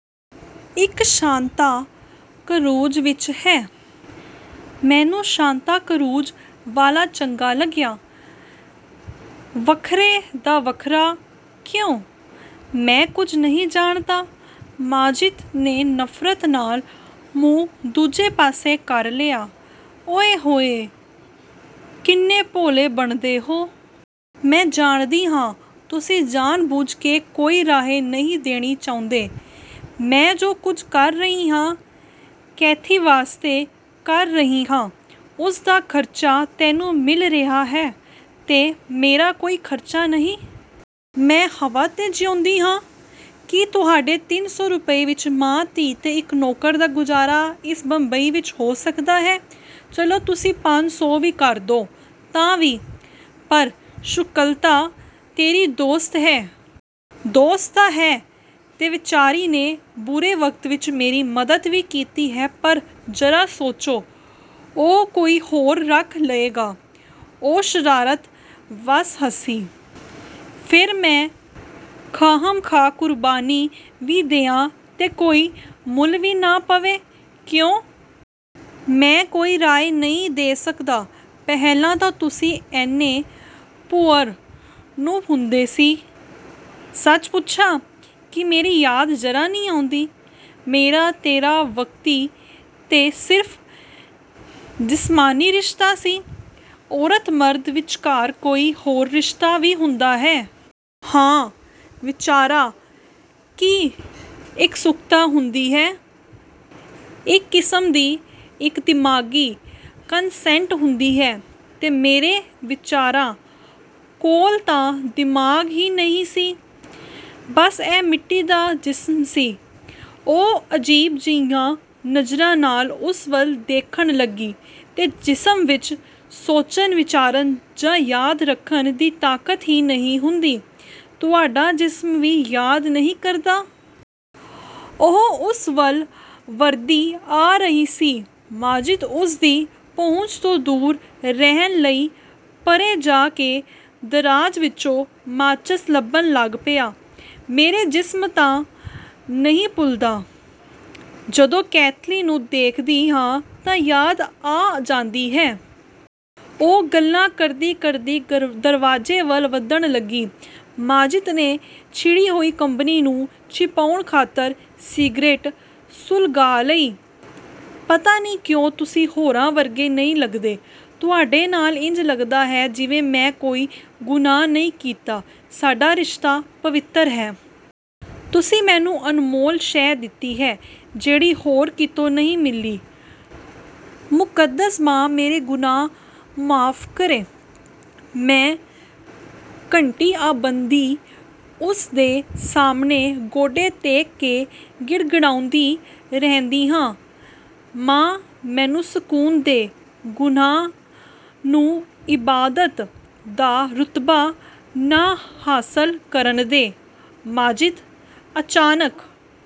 "ਇੱਕ ਸ਼ਾਂਤਾ ਕਰੂਜ਼ ਵਿੱਚ ਹੈ। ਮੈਨੂੰ ਸ਼ਾਂਤਾ ਕਰੂਜ਼ ਵਾਲਾ ਚੰਗਾ ਲੱਗਿਆ। ਵੱਖਰੇ ਦਾ ਵੱਖਰਾ, ਕਿਉਂ?" "ਮੈਂ ਕੁਝ ਨਹੀਂ ਜਾਣਦਾ।" ਮਾਜਿਦ ਨੇ ਨਫ਼ਰਤ ਨਾਲ ਮੂੰਹ ਦੂਜੇ ਪਾਸੇ ਕਰ ਲਿਆ। "ਓਇ-ਹੋਇ, ਕਿੰਨੇ ਭੋਲੇ ਬਣਦੇ ਹੋ! ਮੈਂ ਜਾਣਦੀ ਹਾਂ, ਤੁਸੀਂ ਜਾਣ-ਬੁੱਝ ਕੇ ਕੋਈ ਰਾਏ ਨਹੀਂ ਦੇਣੀ ਚਾਹੁੰਦੇ। ਮੈਂ ਜੋ ਕੁਝ ਕਰ ਰਹੀ ਹਾਂ, ਕੈਥੀ ਵਾਸਤੇ ਕਰ ਰਹੀ ਹਾਂ।" "ਉਸਦਾ ਖਰਚਾ ਤੈਨੂੰ ਮਿਲ ਰਿਹਾ ਹੈ।" "ਤੇ ਮੇਰਾ ਕੋਈ ਖਰਚਾ ਨਹੀਂ? ਮੈਂ ਹਵਾ 'ਤੇ ਜਿਊਂਦੀ ਹਾਂ? ਕੀ ਤੁਹਾਡੇ ਤਿੰਨ ਸੌ ਰੁਪਏ ਵਿੱਚ ਮਾਂ-ਧੀ ਤੇ ਇੱਕ ਨੌਕਰ ਦਾ ਗੁਜ਼ਾਰਾ ਇਸ ਬੰਬਈ ਵਿੱਚ ਹੋ ਸਕਦਾ ਹੈ? ਚਲੋ ਤੁਸੀਂ ਪੰਜ ਸੌ ਵੀ ਕਰ ਦਿਓ, ਤਾਂ ਵੀ?" "ਪਰ ਸ਼ਕੁੰਤਲਾ ਤੇਰੀ ਦੋਸਤ ਹੈ।" "ਦੋਸਤ ਤਾਂ ਹੈ, ਤੇ ਵਿਚਾਰੀ ਨੇ ਬੁਰੇ ਵਕਤਾਂ ਵਿੱਚ ਮੇਰੀ ਮਦਦ ਵੀ ਕੀਤੀ ਹੈ ਪਰ ਜ਼ਰਾ ਸੋਚੋ, ਉਹ ਕੋਈ ਹੋਰ ਰੱਖ ਲਏਗਾ।" ਉਹ ਸ਼ਰਾਰਤ ਵੱਸ ਹੱਸੀ, "ਫਿਰ ਮੈਂ ਖਾਹਮ-ਖਾਹ ਕੁਰਬਾਨੀ ਵੀ ਦਿਆਂ ਤੇ ਕੋਈ ਮੁੱਲ ਵੀ ਨਾ ਪਵੇ, ਕਿਉਂ?" "ਮੈਂ ਕੋਈ ਰਾਏ ਨਹੀਂ ਦੇ ਸਕਦਾ।" "ਪਹਿਲਾਂ ਤਾਂ ਤੁਸੀਂ ਇੰਨੇ 'ਪੁਅਰ' ਨਹੀਂ ਹੁੰਦੇ ਸੀ। ਸੱਚ ਪੁੱਛਾਂ, ਕੀ ਮੇਰੀ ਯਾਦ ਜ਼ਰਾ ਨਹੀਂ ਆਉਂਦੀ?" "ਮੇਰਾ ਤੇਰਾ ਵਕਤੀ ਤੇ ਸਿਰਫ਼ ਜਿਸਮਾਨੀ ਰਿਸ਼ਤਾ ਸੀ।" "ਔਰਤ-ਮਰਦ ਵਿੱਚਕਾਰ ਕੋਈ ਹੋਰ ਰਿਸ਼ਤਾ ਵੀ ਹੁੰਦਾ ਹੈ?" "ਹਾਂ, ਵਿਚਾਰਾਂ ਦੀ ਇਕਸੁਰਤਾ ਹੁੰਦੀ ਹੈ, ਇੱਕ ਕਿਸਮ ਦੀ, ਇੱਕ ਦਿਮਾਗ਼ੀ ਕਨਸੈਂਟ ਹੁੰਦੀ ਹੈ।" "ਤੇ ਮੇਰੇ ਵਿਚਾਰਾਂ ਕੋਲ ਤਾਂ ਦਿਮਾਗ਼ ਹੀ ਨਹੀਂ ਸੀ। ਬੱਸ ਇਹ ਮਿੱਟੀ ਦਾ ਜਿਸਮ ਸੀ" ਉਹ ਅਜੀਬ ਜਿਹੀਆਂ ਨਜ਼ਰਾਂ ਨਾਲ ਉਸ ਵੱਲ ਦੇਖਣ ਲੱਗੀ, "ਤੇ ਜਿਸਮ ਵਿੱਚ ਸੋਚਣ-ਵਿਚਾਰਨ ਜਾਂ ਯਾਦ ਰੱਖਣ ਦੀ ਤਾਕਤ ਹੀ ਨਹੀਂ ਹੁੰਦੀ, ਤੁਹਾਡਾ ਜਿਸਮ ਵੀ ਯਾਦ ਨਹੀਂ ਕਰਦਾ?" ਉਹ ਉਸ ਵੱਲ ਵਧਦੀ ਆ ਰਹੀ ਸੀ। ਮਾਜਿਦ ਉਸਦੀ ਪਹੁੰਚ ਤੋਂ ਦੂਰ ਰਹਿਣ ਲਈ ਪਰ੍ਹੇ ਜਾ ਕੇ ਦਰਾਜ਼ ਵਿੱਚੋਂ ਮਾਚਸ ਲੱਭਣ ਲੱਗ ਪਿਆ। "ਮੇਰਾ ਜਿਸਮ ਤਾਂ ਨਹੀਂ ਭੁੱਲਦਾ, ਜਦੋਂ ਕੈਥੀ ਨੂੰ ਦੇਖਦੀ ਹਾਂ ਯਾਦ ਆ ਜਾਂਦੀ ਹੈ।" ਉਹ ਗੱਲਾਂ ਕਰਦੀ-ਕਰਦੀ ਦਰਵਾਜ਼ੇ ਵੱਲ ਵਧਣ ਲੱਗੀ। ਮਾਜਿਦ ਨੇ ਛਿੜੀ ਹੋਈ ਕੰਬਣੀ ਨੂੰ ਛਿਪਾਉਣ ਖਾਤਰ ਸਿਗਰਟ ਸੁਲਗਾ ਲਈ। "ਪਤਾ ਨਹੀਂ ਕਿਉਂ ਤੁਸੀਂ ਹੋਰਾਂ ਵਰਗੇ ਨਹੀਂ ਲੱਗਦੇ! ਤੁਹਾਡੇ ਨਾਲ ਇੰਜ ਲੱਗਦਾ ਹੈ ਜਿਵੇਂ ਮੈਂ ਕੋਈ ਗੁਨਾਹ ਨਹੀਂ ਕੀਤਾ, ਸਾਡਾ ਰਿਸ਼ਤਾ ਪਵਿੱਤਰ ਹੈ। ਤੁਸੀਂ ਮੈਨੂੰ ਅਨਮੋਲ ਸ਼ੈਅ ਦਿੱਤੀ ਹੈ, ਜਿਹੜੀ ਹੋਰ ਕਿਤੋਂ ਨਹੀਂ ਮਿਲੀ। ਮੁਕੱਦਸ ਮਾਂ ਮੇਰੇ ਗੁਨਾਹ ਮੁਆਫ਼ ਕਰੇ, ਮੈਂ ਘੰਟਿਆਂਬੱਧੀ ਉਸ ਦੇ ਸਾਹਮਣੇ ਗੋਡੇ ਟੇਕ ਕੇ ਗਿੜਗਿੜਾਉਂਦੀ ਰਹਿੰਦੀ ਹਾਂ,'ਮਾਂ ਮੈਨੂੰ ਸਕੂਨ ਦੇ, ਗੁਨਾਹ ਨੂੰ ਇਬਾਦਤ ਦਾ ਰੁਤਬਾ ਨਾ ਹਾਸਲ ਕਰਨ ਦੇ।' ਮਾਜਿਦ।" ਅਚਾਨਕ